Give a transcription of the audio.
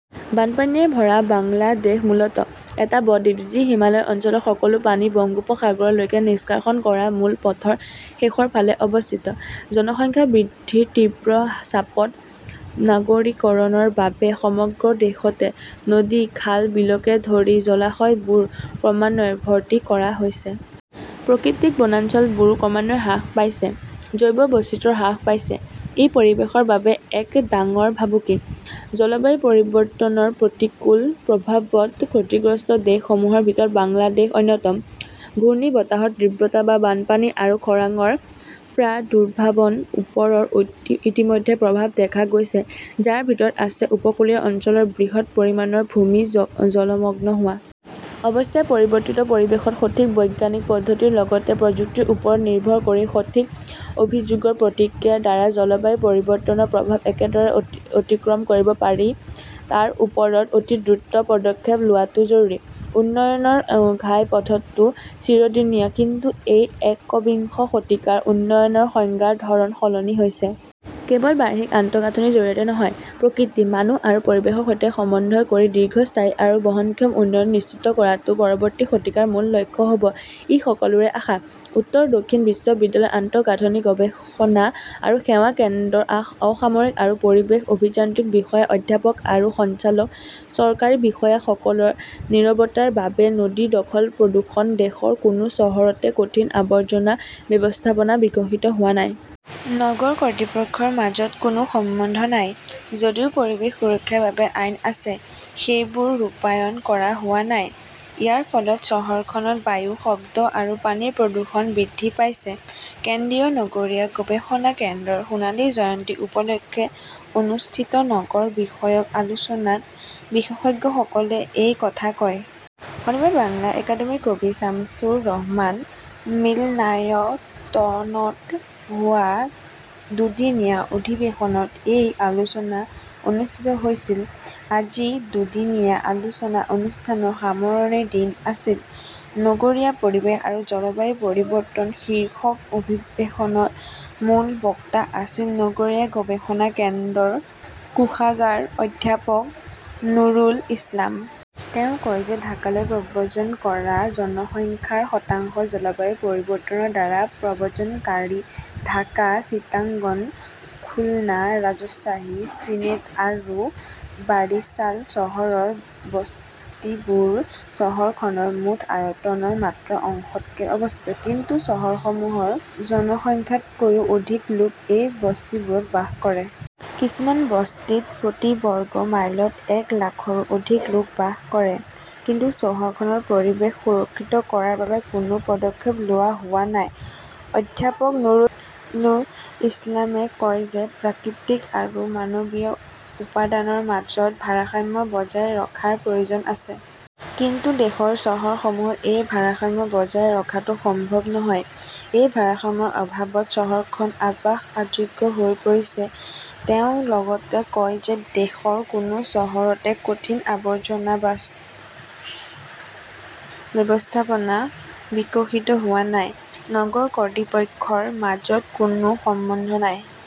বানপানীৰে ভৰা বাংলাদেশ মূলতঃ এটা ব-দ্বীপ, যি হিমালয় অঞ্চলৰ সকলো পানী বংগোপসাগৰলৈ নিষ্কাশন কৰা মূল পথৰ শেষৰ ফালে অৱস্থিত। জনসংখ্যা বৃদ্ধিৰ তীব্ৰ চাপত নগৰীকৰণৰ বাবে সমগ্ৰ দেশতে নদী-খাল-বিলকে ধৰি জলাশয়বোৰ ক্ৰমান্বয়ে ভৰ্তি কৰা হৈছে। প্ৰাকৃতিক বনাঞ্চলবোৰো ক্ৰমান্বয়ে হ্ৰাস পাইছে, জৈৱ বৈচিত্ৰ্য হ্ৰাস পাইছে। ই পৰিৱেশৰ বাবে এক ডাঙৰ ভাবুকি। জলবায়ু পৰিৱৰ্তনৰ প্ৰতিকূল প্ৰভাৱত ক্ষতিগ্ৰস্ত দেশসমূহৰ ভিতৰত বাংলাদেশ অন্যতম। ঘূৰ্ণীবতাহৰ তীব্ৰতা বা বানপানী আৰু খৰাঙৰ প্ৰাদুৰ্ভাৱৰ ওপৰত ইতিমধ্যে প্ৰভাৱ দেখা গৈছে, যাৰ ভিতৰত আছে উপকূলীয় অঞ্চলত বৃহৎ পৰিমাণৰ ভূমি জলমগ্ন হোৱা। অৱশ্যে, পৰিৱৰ্তিত পৰিৱেশত, সঠিক বৈজ্ঞানিক পদ্ধতিৰ লগতে প্ৰযুক্তিৰ ওপৰত নিৰ্ভৰ কৰি সঠিক অভিযোজন প্ৰক্ৰিয়াৰ দ্বাৰা জলবায়ু পৰিৱৰ্তনৰ প্ৰভাৱ কেনেদৰে অতিক্ৰম কৰিব পাৰি তাৰ ওপৰত অতি দ্ৰুত পদক্ষেপ লোৱাটো জৰুৰী। "উন্নয়নৰ ঘাইপথটোত চিৰিদিনীয়া", কিন্তু এই একবিংশ শতিকাত উন্নয়নৰ সংজ্ঞাৰ ধৰণ সলনি হৈছে। কেৱল বাহ্যিক আন্তঃগাঁথনিৰ জৰিয়তে নহয়, প্ৰকৃতি, মানুহ আৰু পৰিৱেশৰ সৈতে সমন্বয় কৰি দীৰ্ঘস্থায়ী আৰু বহনক্ষম উন্নয়ন নিশ্চিত কৰাটো পৰৱৰ্তী শতিকাৰ মূল লক্ষ্য হ'ব-ই সকলোৰে আশা। উত্তৰ দক্ষিণ বিশ্ববিদ্যালয়ৰ আন্তঃগাঁথনি গৱেষণা আৰু সেৱা কেন্দ্ৰৰ অসামৰিক আৰু পৰিৱেশ অভিযান্ত্ৰিক বিভাগৰ অধ্যাপক আৰু সঞ্চালক, চৰকাৰী বিষয়াসকলৰ নীৰৱতাৰ বাবে নদী দখল-প্ৰদূষণ দেশৰ কোনো চহৰতে কঠিন আৱৰ্জনা ব্যৱস্থাপনা বিকশিত হোৱা নাই। নগৰ কৰ্তৃপক্ষৰ মাজত কোনো সমন্বয় নাই। যদিও পৰিৱেশ সুৰক্ষাৰ বাবে আইন আছে, সেইবোৰ ৰূপায়ণ কৰা হোৱা নাই। ইয়াৰ ফলত চহৰখনত বায়ু, শব্দ আৰু পানীৰ প্ৰদূষণ বৃদ্ধি পাইছে। কেন্দ্ৰীয় নগৰীয়া গৱেষণা কেন্দ্ৰৰ সোণালী জয়ন্তী উপলক্ষে অনুষ্ঠিত নগৰ বিষয়ক আলোচনাত বিশেষজ্ঞসকলে এই কথা কয়। শনিবাৰে বাংলা একাডেমীৰ কবি ছামছুৰ ৰহমান মিলনায়তনত হোৱা দুদিনীয়া অধিৱেশনত এই আলোচনা অনুষ্ঠিত হৈছিল। আজি দুদিনীয়া আলোচনা অনুষ্ঠানৰ সামৰণিৰ দিন আছিল। "নগৰীয়া পৰিৱেশ আৰু জলবায়ু পৰিৱৰ্তন" শীৰ্ষক অধিৱেশনৰ মূল বক্তা আছিল নগৰীয়া গৱেষণা কেন্দ্ৰৰ কোষাগাৰ অধ্যাপক নুৰুল ইছলাম। তেওঁ কয় যে ঢাকালৈ প্ৰব্ৰজন কৰা জনসংখ্যাৰ শতাংশ জলবায়ু পৰিৱৰ্তনৰ দ্বাৰা প্ৰব্ৰজনকাৰী। ঢাকা, চিটাগং, খুলনা, ৰাজশ্বাহী, চিলেট আৰু বাৰিছাল চহৰৰ বস্তিবোৰ চহৰখনৰ মুঠ আয়তনৰ মাত্ৰ শতাংশতে অৱস্থিত। কিন্তু চহৰসমূহৰ জনসংখ্যাতকৈও অধিক লোক এই বস্তিবোৰত বাস কৰে। কিছুমান বস্তিত প্ৰতি বৰ্গ মাইলত এক লাখৰো অধিক লোক বাস কৰে। কিন্তু চহৰখনত পৰিৱেশ সুৰক্ষিত কৰাৰ বাবে কোনো পদক্ষেপ লোৱা হোৱা নাই। অধ্যাপক নুৰুল ইছলামে কয় যে প্ৰাকৃতিক আৰু মানৱীয় উপাদানৰ মাজত ভাৰসাম্য বজাই ৰখাৰ প্ৰয়োজন আছে। কিন্তু দেশৰ চহৰসমূহত এই ভাৰসাম্য বজাই ৰখাটো সম্ভৱ নহয়। এই ভাৰসাম্যৰ অভাৱত চহৰখন আৱাস অযোগ্য হৈ পৰিছে। তেওঁ লগতে কয় যে দেশৰ কোনো চহৰতে কঠিন আৱৰ্জনা ব্যৱস্থাপনা বিকশিত হোৱা নাই। নগৰ কৰ্তৃপক্ষৰ মাজত কোনো সমন্বয় নাই।